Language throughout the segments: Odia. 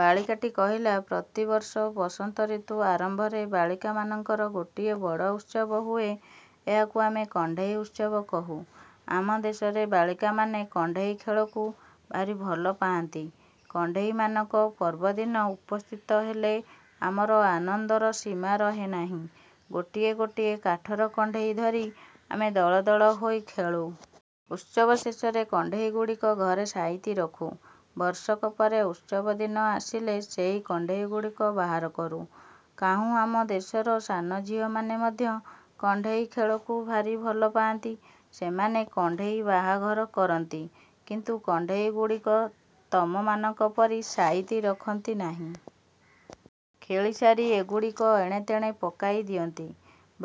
ବାଳିକାଟି କହିଲା-ପ୍ରତିବର୍ଷ ବସନ୍ତ ଋତୁ ଆରମ୍ଭରେ ବାଳିକାମାନଙ୍କର ଗୋଟିଏ ବଡ଼ ଉତ୍ସବ ହୁଏ। ଏହାକୁ ଆମେ "କଣ୍ଢେଇ ଉତ୍ସବ" କହୁ। ଆମ ଦେଶର ବାଳିକାମାନେ କଣ୍ଢେଇ ଖେଳକୁ ଭାରି ଭଲ ପାଆନ୍ତି। କଣ୍ଢେଇମାନଙ୍କ ପର୍ବଦିନ ଉପସ୍ଥିତ ହେଲେ ଆମର ଆନନ୍ଦର ସୀମା ରହେ ନାହିଁ। ଗୋଟିଏ ଗୋଟିଏ କାଠର କଣ୍ଢେଇ ଧରି ଆମେ ଦଳ ଦଳ ହୋଇ ଖେଳୁ। ଉତ୍ସବ ଶେଷରେ କଣ୍ଢେଇଗୁଡ଼ିକ ଘରେ ସାଇତି ରଖୁ। ବର୍ଷକ ପରେ ଉତ୍ସବ ଦିନ ଆସିଲେ ସେହି କଣ୍ଢେଇଗୁଡ଼ିକ ବାହାର କରୁ। କାହ୍ନୁ-ଆମ ଦେଶର ସାନଝିଅମାନେ ମଧ୍ୟ କଣ୍ଢେଇ ଖେଳକୁ ଭାରି ଭଲ ପାଆନ୍ତି। ସେମାନେ "କଣ୍ଢେଇ ବାହାଘର" କରନ୍ତି। କିନ୍ତୁ କଣ୍ଢେଇଗୁଡ଼ିକ ତମମାନଙ୍କ ପରି ସାଇତି ରଖନ୍ତି ନାହିଁ। ଖେଳିସାରି ସେଗୁଡ଼ିକ ଏଣେତେଣେ ପକାଇ ଦିଅନ୍ତି।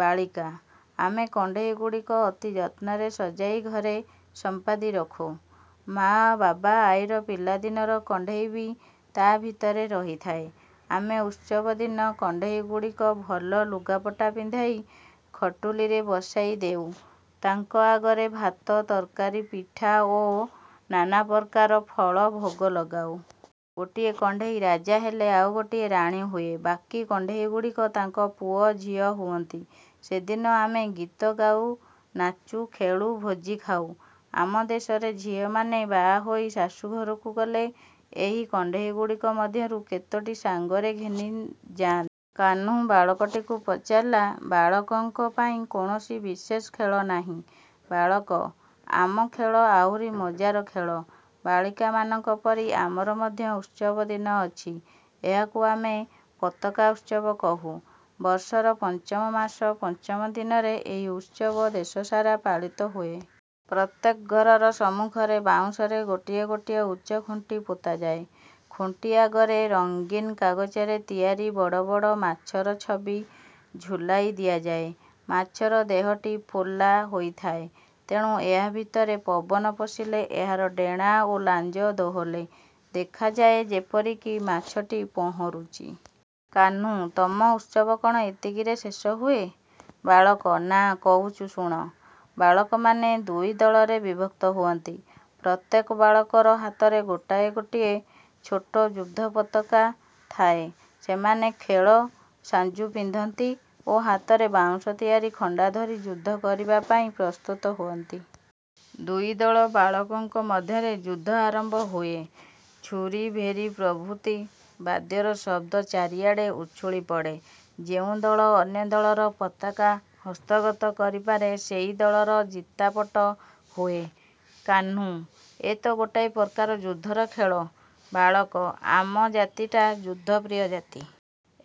ବାଳିକା-ଆମେ କଣ୍ଢେଇଗୁଡ଼ିକ ଅତି ଯତ୍ନରେ ସଜାଇ ଘରେ ସମ୍ପାଦି ରଖୁ। ମା' ବା ଆଈର ପିଲାଦିନର କଣ୍ଢେଇ ବି ତା' ଭିତରେ ରହିଥାଏ। ଆମେ ଉତ୍ସବ ଦିନ କଣ୍ଢେଇଗୁଡ଼ିକ ଭଲ ଲୁଗାପଟା ପିନ୍ଧାଇ ଖଟୁଲିରେ ବସାଇ ଦେଉ। ତାଙ୍କ ଆଗରେ ଭାତ, ତରକାରୀ, ପିଠା, ଓ ନାନାପ୍ରକାର ଫଳ ଭୋଗ ଲଗାଉ। ଗୋଟିଏ କଣ୍ଢେଇ ରାଜା ହେଲେ ଆଉ ଗୋଟିଏ ରାଣୀ ହୁଏ। ବାକୀ କଣ୍ଢେଇଗୁଡ଼ିକ ତାଙ୍କ ପୁଅ ଝିଅ ହୁଅନ୍ତି। ସେଦିନ ଆମେ ଗୀତ ଗାଉ, ନାଚୁ, ଖେଳୁ, ଭୋଜି ଖାଉ। ଆମ ଦେଶର ଝିଅମାନେ ବାହାହୋଇ ଶାଶୁଘରକୁ ଗଲେ ଏହି କଣ୍ଢେଇଗୁଡ଼ିକ ମଧ୍ୟରୁ କେତୋଟି ସାଙ୍ଗରେ ଘେନି ଯାଆନ୍ତି। କାହ୍ନୁ ବାଳକଟିକୁ ପଚାରିଲା-ବାଳକଙ୍କ ପାଇଁ କୌଣସି ବିଶେଷ ଖେଳ ନାହିଁ? ବାଳକ-ଆମ ଖେଳ ଆହୁରି ମଜାର ଖେଳ। ବାଳିକାମାନଙ୍କ ପରି ଆମର ମଧ୍ୟ ଉତ୍ସବ ଦିନ ଅଛି। ଏହାକୁ ଆମେ "ପତାକା ଉତ୍ସବ" କହୁ। ବର୍ଷର ପଞ୍ଚମ ମାସ ପଞ୍ଚମ ଦିନରେ ଏହି ଉତ୍ସବ ଦେଶସାରା ପାଳିତ ହୁଏ। ପ୍ରତ୍ୟେକଘର ସମ୍ମୁଖରେ ବାଉଁଶର ଗୋଟିଏ ଗୋଟିଏ ଉଚ୍ଚ ଖୁଣ୍ଟି ପୋତାଯାଏ। ଖୁଣ୍ଟି ଆଗରେ ରଙ୍ଗିନ କାଗଜରେ ତିଆରି ବଡ଼ବଡ଼ ମାଛର ଛବି ଝୁଲାଇ ଦିଆଯାଏ। ମାଛର ଦେହଟି ପୋଲା ହୋଇଥାଏ। ତେଣୁ ଏହା ଭିତରେ ପବନ ପଶିଲେ ଏହାର ଡେଣା ଓ ଲାଞ୍ଜ ଦୋହଲେ। ଦେଖାଯାଏ ଯେପରିକି ମାଛଟି ପହଁରୁଛି। କାହ୍ନୁ-ତମ ଉତ୍ସବ କ'ଣଏତିକି ରେ ଶେଷ ହୁଏ? ବାଳକ-ନାଁ, କହୁଛୁ ଶୁଣ। ବାଳକମାନେ ଦୁଇ ଦଳରେ ବିଭକ୍ତ ହୁଅନ୍ତି। ପ୍ରତ୍ୟେକ ବାଳକର ହାତରେ ଗୋଟିଏ ଗୋଟିଏ ଛୋଟ ଯୁଦ୍ଧ ପତାକା ଥାଏ। ସେମାନେ ଖେଳ-ସାଞ୍ଜୁ ପିନ୍ଧନ୍ତି ଓ ହାତରେ ବାଉଁଶ ତିଆରି ଖଣ୍ଡା ଧରି ଯୁଦ୍ଧ କରିବା ପାଇଁ ପ୍ରସ୍ତୁତ ହୁଅନ୍ତି। ଦୁଇଦଳ ବାଳକଙ୍କ ମଧ୍ୟରେ ଯୁଦ୍ଧ ଆରମ୍ଭ ହୁଏ। ତୂରୀ, ଭେରୀ ପ୍ରଭୃତି ବାଦ୍ୟର ଶବ୍ଦ ଚାରିଆଡ଼େ ଉଛୁଳି ପଡ଼େ। ଯେଉଁ ଦଳ ଅନ୍ୟ ଦଳର ପତାକା ହସ୍ତଗତ କରିପାରେ ସେହି ଦଳର ଜିତାପଟ ହୁଏ। କାହ୍ନୁ-ଏ ତ ଗୋଟାଏ ପ୍ରକାର ଯୁଦ୍ଧର ଖେଳ! ବାଳକ-ଆମ ଜାତିଟା ଯୁଦ୍ଧପ୍ରିୟ ଜାତି।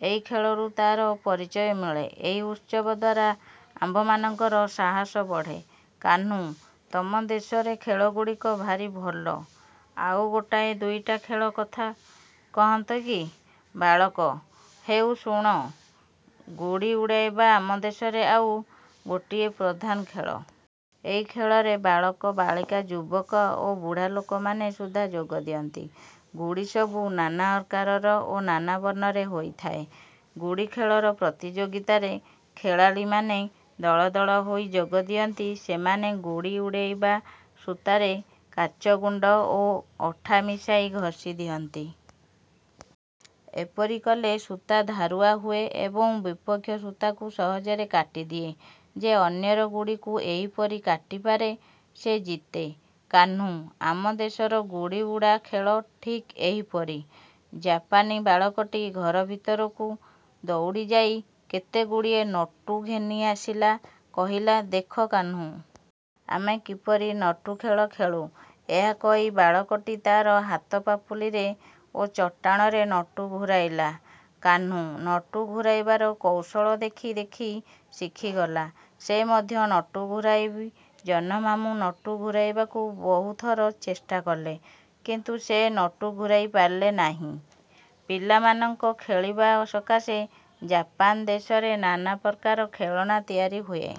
ଏହି ଖେଳରୁ ତାର ପରିଚୟ ମିଳେ। ଏହି ଉତ୍ସବ ଦ୍ଵାରା ଆମ୍ଭମାନଙ୍କର ସାହସ ବଢ଼େ। କାହ୍ନୁ-ତମ ଦେଶର ଖେଳଗୁଡ଼ିକ ଭାରି ଭଲ। ଆଉ ଗୋଟାଏ ଦୁଇଟା ଖେଳ କଥା କହନ୍ତ କି? ବାଳକ-ହେଉ ଶୁଣ। ଗୁଡ଼ି ଉଡ଼ାଇବା ଆମ ଦେଶର ଆଉ ଗୋଟିଏ ପ୍ରଧାନ ଖେଳ। ଏହି ଖେଳରେ ବାଳକ, ବାଳିକା, ଯୁବକ ଓ ବୁଢ଼ାଲୋକମାନେ ସୁଦ୍ଧା ଯୋଗ ଦିଅନ୍ତି। ଗୁଡ଼ି ସବୁ ନାନା ଆକାରର ଓ ନାନା ବର୍ଣ୍ଣରେ ହୋଇଥାଏ। ଗୁଡ଼ି ଖେଳର ପ୍ରତିଯୋଗିତାରେ ଖେଳାଳୀମାନେ ଦଳ ଦଳ ହୋଇ ଯୋଗ ଦିଅନ୍ତି। ସେମାନେ ଗୁଡ଼ି ଉଡ଼େଇବା ସୂତାରେ କାଚ ଗୁଣ୍ଡ ଓ ଅଠା ମିଶାଇ ଘଷି ଦିଅନ୍ତି। ଏପରି କଲେ ସୂତା ଧାରୁଆ ହୁଏ ଏବଂ ବିପକ୍ଷ ସୂତାକୁ ସହଜରେ କାଟିଦିଏ-। ଯେ ଅନ୍ୟର ଗୁଡ଼ିକୁ ଏହିପରି କାଟିପାରେ, ସେ ଜିତେ। କାହ୍ନୁ-ଆମ ଦେଶର ଗୁଡ଼ିଉଡ଼ା ଖେଳ ଠିକ୍ ଏହିପରି।। ଜାପାନୀ ବାଳକଟି ଘର ଭିତରକୁ ଦଉଡ଼ିଯାଇ କେତେଗୁଡ଼ିଏ ନଟୁ ଘେନିଆସିଲା କହିଲା-ଦେଖ କାହ୍ନୁ! ଆମେ କିପରି ନଟୁ ଖେଳ ଖେଳୁ। ଏହା କହି ବାଳକଟି ତା'ର ହାତ ପାପୁଲିରେ ଓ ଚଟାଣରେ ନଟୁ ଘୂରାଇଲା। କାହ୍ନୁ ନଟୁ ଘୂରାଇବାର କୌଶଳ ଦେଖି ଦେଖି ଶିଖିଗଲା। ସେ ମଧ୍ୟ ନଟୁ ଘୂରାଇଲା। ଜହ୍ନମାମୁଁ ନଟୁ ଘୂରାଇବାକୁ ବହୁ ଥର ଚେଷ୍ଟା କଲେ, କିନ୍ତୁ ସେ ନଟୁ ଘୂରାଇ ପାରିଲେ ନାହିଁ। ପିଲାମାନଙ୍କ ଖେଳିବା ସକାଶେ ଜାପାନ ଦେଶର ନାନାପ୍ରକାର ଖେଳନା ତିଆରି ହୁଏ-।